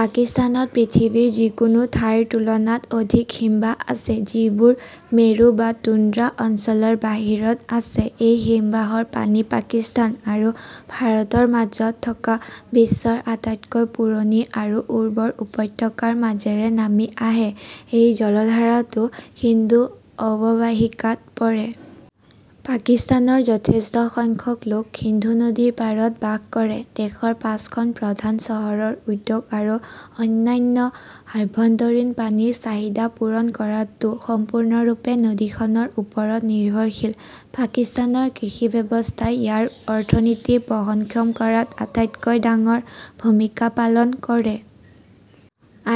পাকিস্তানত পৃথিৱীৰ যিকোনো ঠাইৰ তুলনাত অধিক হিমবাহ আছে, যিবোৰ মেৰু বা টুন্দ্ৰা অঞ্চলৰ বাহিৰত আছে। এই হিমবাহৰ পানী পাকিস্তান আৰু ভাৰতৰ মাজত থকা বিশ্বৰ আটাইতকৈ পুৰণি আৰু উৰ্বৰ উপত্যকাৰ মাজেৰে নামি আহে। এই জলধাৰাটো সিন্ধু অৱবাহিকাত পৰে। পাকিস্তানৰ যথেষ্ট সংখ্যক লোক সিন্ধু নদীৰ পাৰত বাস কৰে। দেশৰ পাঁচখন প্ৰধান চহৰৰ উদ্যোগ আৰু অন্যান্য আভ্যন্তৰীণ পানীৰ চাহিদা পূৰণ কৰাটো সম্পূৰ্ণৰূপে নদীখনৰ ওপৰত নিৰ্ভৰশীল। পাকিস্তানৰ কৃষি ব্যৱস্থাই ইয়াৰ অৰ্থনীতি বহনক্ষম কৰাত আটাইতকৈ ডাঙৰ ভূমিকা পালন কৰে।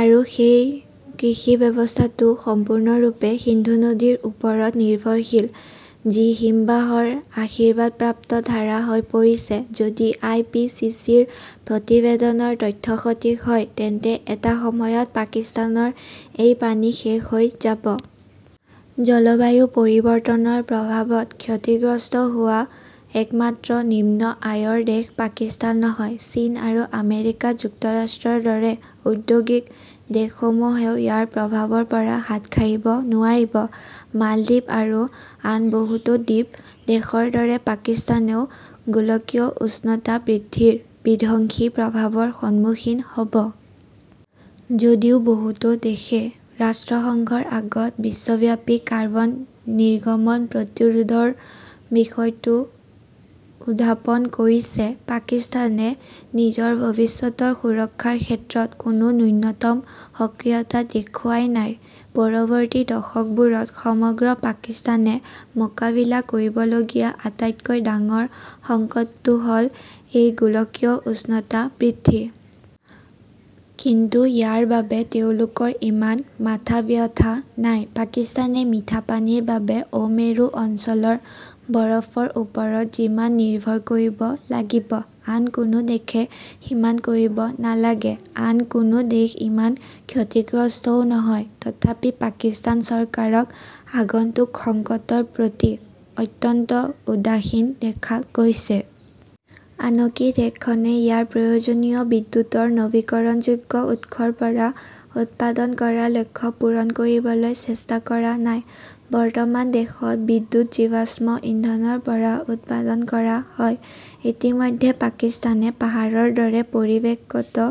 আৰু সেই কৃষি ব্যৱস্থাটো সম্পূৰ্ণৰূপে সিন্ধু নদীৰ ওপৰত নিৰ্ভৰশীল, যি হিমবাহৰ আশীৰ্বাদপ্ৰাপ্ত ধাৰা হৈ পৰিছে। যদি আই. পি. চি. চি. -ৰ প্ৰতিবেদনৰ তথ্য সঠিক হয় তেন্তে এটা সময়ত পাকিস্তানৰ এই পানী শেষ হৈ যাব। জলবায়ু পৰিৱৰ্তনৰ প্ৰভাৱত ক্ষতিগ্ৰস্ত হোৱা একমাত্ৰ নিম্ন আয়ৰ দেশ পাকিস্তান নহয়। চীন আৰু আমেৰিকা যুক্তৰাষ্ট্ৰৰ দৰে ঔদ্যোগিক দেশসমূহেও ইয়াৰ প্ৰভাৱৰ পৰা হাত সাৰিব নোৱাৰিব। মালদ্বীপ আৰু আন বহুতো দ্বীপ দেশৰ দৰে পাকিস্তানেও গোলকীয় উষ্ণতা বৃদ্ধিৰ বিধ্বংসী প্ৰভাৱৰ সন্মুখীন হ'ব। যদিও বহুতো দেশে ৰাষ্ট্ৰসংঘৰ আগত বিশ্বব্যাপী কাৰ্বন নিৰ্গমন প্ৰতিৰোধৰ বিষয়টো উত্থাপন কৰিছে, পাকিস্তানে নিজৰ ভৱিষ্যতৰ সুৰক্ষাৰ ক্ষেত্ৰত কোনো ন্যূনতম সক্ৰিয়তা দেখুৱাই নাই। পৰৱৰ্তী দশকবোৰত সমগ্ৰ পাকিস্তানে মোকাবিলা কৰিবলগীয়া আটাইতকৈ ডাঙৰ সংকটটো হ'ল এই গোলকীয় উষ্ণতা বৃদ্ধি। কিন্তু ইয়াৰ বাবে তেওঁলোকৰ ইমান মাথাব্যথা নাই। পাকিস্তানে মিঠা পানীৰ বাবে অ-মেৰু অঞ্চলৰ বৰফৰ ওপৰত যিমান নিৰ্ভৰ কৰিব লাগিব, আন কোনো দেশে সিমান কৰিব নালাগে। আন কোনো দেশ ইমান ক্ষতিগ্ৰস্তও নহয় । তথাপি পাকিস্তান চৰকাৰক আগন্তুক সংকটৰ প্ৰতি অত্যন্ত উদাসীন দেখা গৈছে। আনকি দেশখনে ইয়াৰ প্ৰয়োজনীয় বিদ্যুতৰ নৱীকৰণযোগ্য উৎসৰ পৰা উৎপাদন কৰাৰ লক্ষ্য পূৰণ কৰিবলৈ চেষ্টা কৰা নাই। বৰ্তমান দেশত বিদ্যুৎ জীৱাশ্ম ইন্ধনৰ পৰা উৎপাদন কৰা হয়। ইতিমধ্যে পাকিস্তানে পাহাৰৰ দৰে পৰিৱেশগত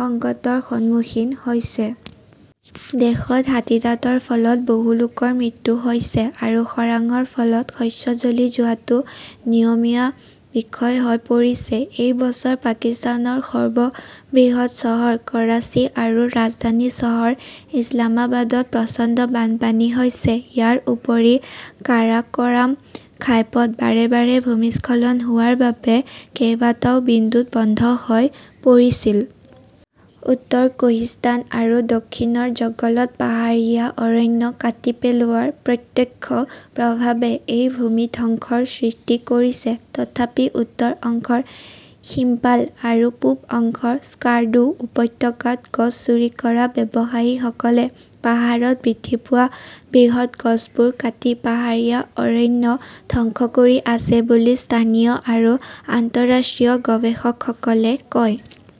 সংকটৰ সন্মুখীন হৈছে । দেশত হাতীদাঁতৰ ফলত বহু লোকৰ মৃত্যু হৈছে আৰু খৰাংৰ ফলত শস্য জ্বলি যোৱাটো নিয়মীয়া বিষয় হৈ পৰিছে। এই বছৰ পাকিস্তানৰ সৰ্ববৃহৎ চহৰ কৰাচী আৰু ৰাজধানী চহৰ ইছলামাবাদত প্ৰচণ্ড বানপানী হৈছে। ইয়াৰ উপৰি কাৰাক'ৰাম ঘাইপথ বাৰে বাৰে ভূমিস্খলন হোৱাৰ বাবে কেইবাটাও বিন্দুত বন্ধ হৈ পৰিছিল। উত্তৰ কোহিস্তান আৰু দক্ষিণৰ জগলত পাহাৰীয়া অৰণ্য কাটি পেলোৱাৰ প্ৰত্যক্ষ প্ৰভাৱে এই ভূমি ধ্বংসৰ সৃষ্টি কৰিছে। তথাপি উত্তৰ অংশৰ শিম্পাল আৰু পূব অংশৰ স্কাৰ্ডু উপত্যকাত গছ চুৰি কৰা ব্যৱসায়ীসকলে পাহাৰত বৃদ্ধি পোৱা বৃহৎ গছবোৰ কাটি পাহাৰীয়া অৰণ্য ধ্বংস কৰি আছে বুলি স্থানীয় আৰু আন্তঃৰাষ্ট্ৰীয় গৱেষকসকলে কয় ।